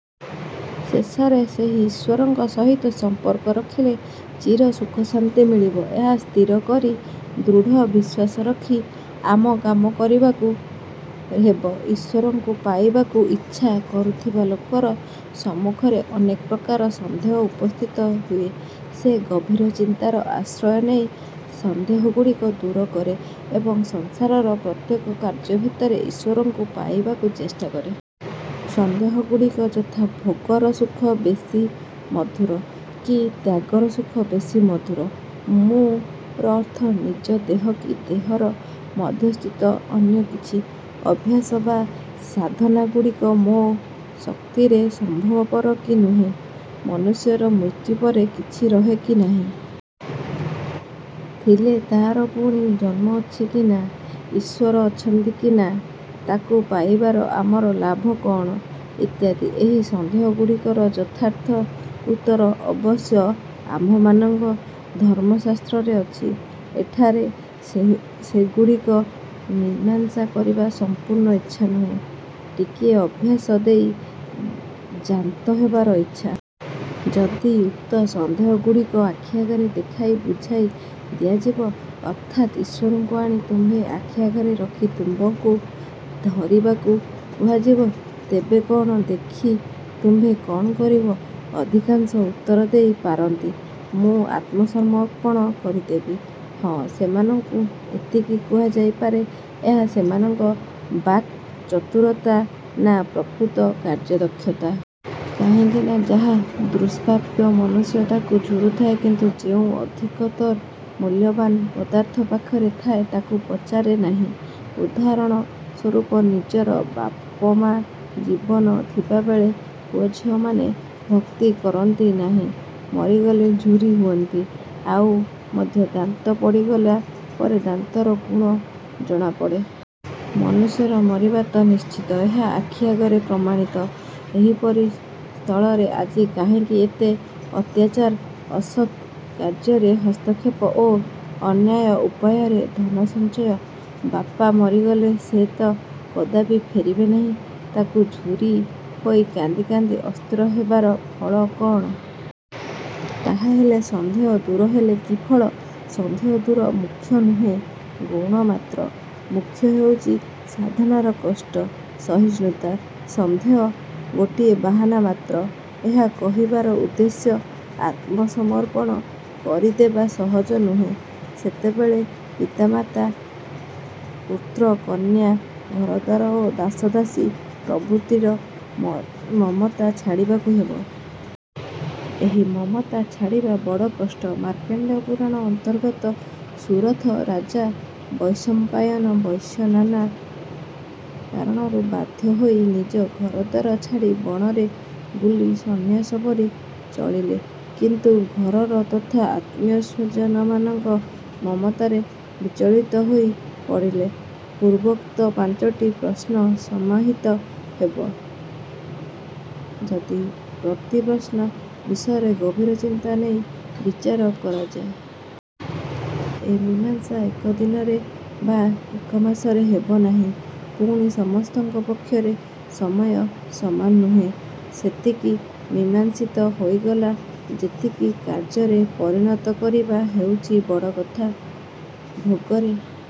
ଶେଷରେ ସେହି ଈଶ୍ଵରଙ୍କ ସହିତ ସମ୍ପର୍କ ରଖିଲେ ଚିର ସୁଖଶାନ୍ତି ମିଳିବ, ଏହା ସ୍ଥିର କରି ଦୃଢ଼ ବିଶ୍ଵାସ ରଖି କାମ କରିବାକୁ ହେବ। ଈଶ୍ଵରଙ୍କୁ ପାଇବାକୁ ଇଚ୍ଛା କରୁଥିବା ଲୋକର ସମ୍ମୁଖରେ ଅନେକ ପ୍ରକାର ସନ୍ଦେହ ଉପସ୍ଥିତ ହୁଏ। ସେ ଗଭୀର ଚିନ୍ତାର ଆଶ୍ରୟ ନେଇ ସନ୍ଦେହଗୁଡ଼ିକ ଦୂର କରେ ଏବଂ ସଂସାରର ପ୍ରତ୍ୟେକ କାର୍ଯ୍ୟ ଭିତରେ ଈଶ୍ଵରଙ୍କୁ ପାଇବାକୁ ଚେଷ୍ଟା କରେ। ସନ୍ଦେହଗୁଡ଼ିକ ଯଥା- ଭୋଗର ସୁଖ ବେଶୀ ମଧୁର କି ତ୍ୟାଗର ସୁଖ ବେଶୀ ମଧୁର? "ମୁଁ"ର ଅର୍ଥ ନିଜ ଦେହ କି ଦେହ ମଧ୍ୟସ୍ଥିତ ଅନ୍ୟ କିଛି? ଅଭ୍ୟାସ ବା ସାଧନାଗୁଡ଼ିକ ମୋ ଶକ୍ତିରେ ସମ୍ଭବପର କି ନୁହେଁ-? ମନୁଷ୍ୟର ମୃତ୍ୟୁ ପରେ କିଛି ରହେ କି ନାହିଁ? ଥିଲେ ତାହାର ପୁଣି ଜନ୍ମ ଅଛି କି ନାଁ-? ଈଶ୍ଵର ଅଛନ୍ତି କି ନାଁ? ତାଙ୍କୁ ପାଇବାର ଆମର ଲାଭ କଅଣ? ଇତ୍ୟାଦି। ଏହି ସନ୍ଦେହଗୁଡ଼ିକର ଯଥାର୍ଥ ଉତ୍ତର ଅବଶ୍ୟ ଆମ୍ଭମାନଙ୍କ ଧର୍ମଶାସ୍ତ୍ରରେ ଅଛି। ଏଠାରେ ସେଗୁଡ଼ିକ ମୀମାଂସା କରିବା ସମ୍ପୂର୍ଣ୍ଣ ଇଚ୍ଛା ନୁହେଁ, ଟିକିଏ ଆଭାସ ଦେଇ କ୍ଷାନ୍ତ ହେବାର ଇଚ୍ଛା। ଯଦି, ଉକ୍ତ ସନ୍ଦେହଗୁଡ଼ିକ ଆଖି ଆଗରେ ଦେଖାଇ ବୁଝାଇ ଦିଆଯିବ ଅର୍ଥାତ୍ ଈଶ୍ଵରଙ୍କୁ ଆଣି ତୁମ୍ଭ ଆଖି ଆଗରେ ରଖି ତୁମ୍ଭଙ୍କୁ ଧରିବାକୁ କୁହାଯିବ, ତେବେ କହ ଦେଖି ତୁମ୍ଭେ କ'ଣ କରିବ? ଅଧିକାଂଶ ଉତ୍ତର ଦେଇ ପାରନ୍ତି, "ମୁଁ ଆତ୍ମସମର୍ପଣ କରିଦେବି। " ହଁ, ସେମାନଙ୍କୁ ଏତିକି କୁହାଯାଇ ପାରେ; ଏହା ସେମାନଙ୍କ ବାକ୍ ଚତୁରତା ନାଁ ପ୍ରକୃତ କାର୍ଯ୍ୟଦକ୍ଷତା। କାହିଁକି ନାଁ, ଯାହା ଦୁଷ୍ପ୍ରାପ୍ୟ ମନୁଷ୍ୟ ତାକୁ ଝୁରୁଥାଏ କିନ୍ତୁ ଯେଉଁ ଅଧିକତର ମୂଲ୍ୟବାନ୍ ପଦାର୍ଥ ପାଖରେ ଥାଏ ତାକୁ ପଚାରେ ନାହିଁ। ଉଦାହରଣ ସ୍ୱରୂପ ନିଜର ବାପମା ଜୀବନ ଥିବାବେଳେ ପୁଅଝିଅମାନେ ଭକ୍ତି କରନ୍ତି ନାହିଁ, ମରିଗଲେ ଝୁରି ହୁଅନ୍ତି। ଆଉ ମଧ୍ୟ ଦାନ୍ତ ପଡ଼ିଗଲା ପରେ ଦାନ୍ତର ଗୁଣ ଜଣାପଡ଼େ। ମନୁଷ୍ୟର ମରିବା ତ ନିଶ୍ଚିତ, ଏହା ଆଖି ଆଗରେ ପ୍ରମାଣିତ। ଏପରି ସ୍ଥଳେ ଆଜି କାହିଁକି ଏତେ ଅତ୍ୟାଚାର, ଅସତ୍ କାର୍ଯ୍ୟରେ ହସ୍ତକ୍ଷେପ ଓ ଅନ୍ୟାୟ ଉପୟାରେ ଧନସଞ୍ଚୟ? ବାପା ମରିଗଲେ ସେ ତ କଦାପି ଫେରିବେ ନାହିଁ; ତାଙ୍କୁ ଝୁରି ହୋଇ କାନ୍ଦି କାନ୍ଦି ଅସ୍ଥିର ହେବାର ଫଳ କଅଣ? ତାହାହେଲେ ସନ୍ଦେହ ଦୂର ହେଲେ କି ଫଳ? ସନ୍ଦେହ ଦୂର ମୁଖ୍ୟ ନୁହେଁ, ଗୌଣ ମାତ୍ର। ମୁଖ୍ୟ ହେଉଛି ସାଧନାର କଷ୍ଟ ସହିଷ୍ଣୁତା। ସନ୍ଦେହ ଗୋଟିଏ ବାହାନା ମାତ୍ର। ଏହା କହିବାର ଉଦ୍ଦେଶ୍ୟ ଆତ୍ମସମର୍ପଣ କରିଦେବା ସହଜ ନୁହେଁ। ସେତେବେଳେ ପିତା ମାତା, ପୁତ୍ର କନ୍ୟା, ଘରଦ୍ଵାର ଓ ଦାସଦାସୀ ପ୍ରଭୃତିର ମମତା ଛାଡ଼ିବାକୁ ହେବ। ଏହି ମମତା ଛାଡ଼ିବା ବଡ଼ କଷ୍ଟ। ମାର୍କଣ୍ଡେୟ ପୁରାଣ ଅନ୍ତର୍ଗତ ସୁରଥ ରାଜା ଓ ବୈଶମ୍ପାୟନ ବୈଶ୍ୟ ନାନା କାରଣରୁ ବାଧ୍ୟ ହୋଇ ନିଜ ଘରଦ୍ଵାର ଛାଡ଼ି ବଣରେ ବୁଲି ସନ୍ନ୍ୟାସପରି ଚଳିଲେ, କିନ୍ତୁ ଘରର ତଥା ଆତ୍ମୀୟସ୍ଵଜନମାନଙ୍କ ମମତାରେ ବିଚଳିତ ହୋଇ ପଡ଼ିଲେ। ପୂର୍ବୋକ୍ତ ପାଞ୍ଚଟି ପ୍ରଶ୍ନ ସମାହିତ ହେବ, ଯଦି ପ୍ରତି ପ୍ରଶ୍ନ ବିଷୟରେ ଗଭୀର ଚିନ୍ତା ନେଇ ବିଚାର କରାଯାଏ। ଏ ମୀମାଂସା ଏକ ଦିନରେ ବା ଏକ ମାସରେ ହେବ ନାହିଁ। ପୁଣି ସମସ୍ତଙ୍କ ପକ୍ଷରେ ସମୟ ସମାନ ନୁହେଁ। ଯେତିକି, ମୀମାଂସିତ ହୋଇଗଲା ସେତିକି କାର୍ଯ୍ୟରେ ପରିଣତ କରିବା ହେଉଛି ବଡ଼ କଥା। ଭୋଗରେ